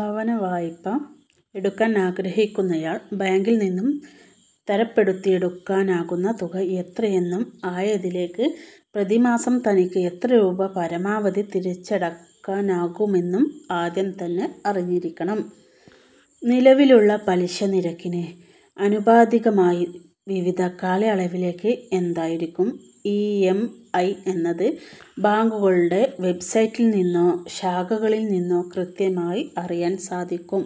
ഭവനവായ്പ എടുക്കാൻ ആഗ്രഹിക്കുന്നയാൾ ബാങ്കിൽനിന്നും തരപ്പെടുത്തിയെടുക്കാനാകുന്ന തുക എത്രയെന്നും ആയതിലേക്ക് പ്രതിമാസം തനിക്ക് എത്ര രൂപ പരമാവധി തിരിച്ചടയ്ക്കാനാകുമെന്നും ആദ്യം തന്നെ അറിഞ്ഞിരിക്കണം. നിലവിലുള്ള പലിശനിരക്കിന് ആനുപാതികമായി വിവിധ കാലയളവിലേക്ക് എന്തായിരിക്കും ഇ. എം. ഐ. എന്നത് ബാങ്കുകളുടെ വെബ്സൈറ്റിൽനിന്നോ ശാഖകളിൽനിന്നോ കൃത്യമായി അറിയാൻ സാധിക്കും.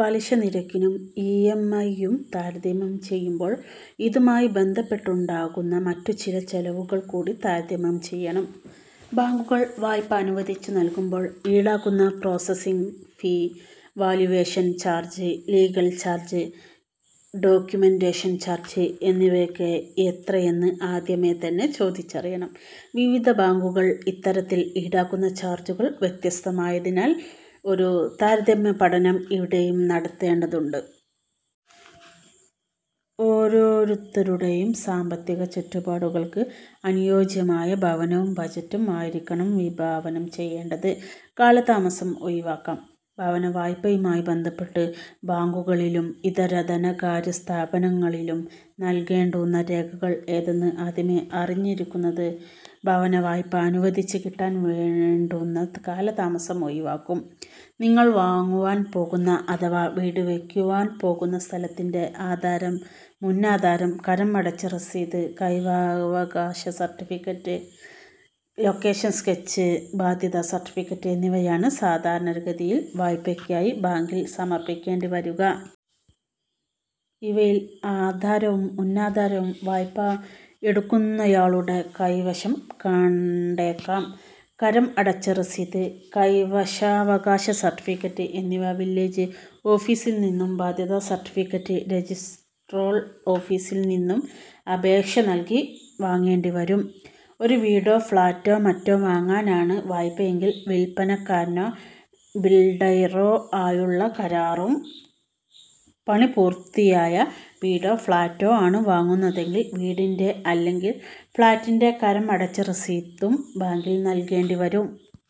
പലിശനിരക്കും ഇ. എം. ഐ. യും താരതമ്യം ചെയ്യുമ്പോൾ ഇതുമായി ബന്ധപ്പെട്ടുണ്ടാകാവുന്ന മറ്റുചില ചെലവുകൾകൂടി താരതമ്യം ചെയ്യണം. ബാങ്കുകൾ വായ്പ അനുവദിച്ചു നൽകുമ്പോൾ ഈടാക്കുന്ന processing fee, valuation charge, legal charge, documentation charge എന്നിവയൊക്കെ എത്രയെന്ന് ആദ്യമേതന്നെ ചോദിച്ചറിയണം. വിവിധ ബാങ്കുകൾ ഇത്തരത്തിൽ ഈടാക്കുന്ന ചാർജുകൾ വ്യത്യസ്തമായതിനാൽ ഒരു താരതമ്യപഠനം ഇവിടെയും നടത്തേണ്ടതുണ്ട്. ഓരോരുത്തരുടെയും സാമ്പത്തിക ചുറ്റുപാടുകൾക്ക് അനുയോജ്യമായ ഭവനവും ബജറ്റും ആയിരിക്കണം വിഭാവനം ചെയ്യേണ്ടത്. കാലതാമസം ഒഴിവാക്കാം ഭവനവായ്പയുമായി ബന്ധപ്പെട്ട് ബാങ്കുകളിലും ഇതര ധനകാര്യ സ്ഥാപനങ്ങളിലും നൽകേണ്ടുന്ന രേഖകൾ ഏതെന്ന് ആദ്യമേ അറിഞ്ഞിരിക്കുന്നത് ഭവനവായ്പ അനുവദിച്ചു കിട്ടാൻ വേണ്ടുന്ന കാലതാമസം ഒഴിവാക്കും. നിങ്ങൾ വാങ്ങുവാൻ പോകുന്ന അഥവാ വീടുവയ്ക്കുവാൻ പോകുന്ന സ്ഥലത്തിന്റെ ആധാരം, മുന്നാധാരം, കരം അടച്ച രസീത്, കൈവശാവകാശ സർട്ടിഫിക്കറ്റ്, ലൊക്കേഷൻ സ്കെച്ച്, ബാധ്യതാ സർട്ടിഫിക്കറ്റ് എന്നിവയാണ് സാധാരണ ഗതിയിൽ വായ്പയ്ക്കായി ബാങ്കിൽ സമർപ്പിക്കേണ്ടിവരിക. ഇവയിൽ ആധാരവും മുന്നാധാരവും വായ്പ എടുക്കുന്നയാളുടെ കൈവശം കണ്ടേക്കാം. കരം അടച്ച രസീത്, കൈവശാവകാശ സർട്ടിഫിക്കറ്റ് എന്നിവ വില്ലേജ് ഓഫീസിൽനിന്നും ബാധ്യത സർട്ടിഫിക്കറ്റ് രജിസ്ട്രാർ ഓഫീസിൽനിന്നും അപേക്ഷ നൽകി വാങ്ങേണ്ടി വരും. ഒരു വീടോ ഫ്ളാറ്റോ മറ്റോ വാങ്ങാനാണ് വായ്പയെങ്കിൽ വില്പനക്കാരനോ ബിൽഡറോ ആയുള്ള കരാറും പണിപൂർത്തിയായ വീടോ ഫ്ളാറ്റോ ആണ് വാങ്ങുന്നതെങ്കിൽ വീടിന്റെ അല്ലെങ്കിൽ ഫ്ളാറ്റിന്റെ കരം അടച്ച രസീതും ബാങ്കിൽ നൽകേണ്ടി വരും.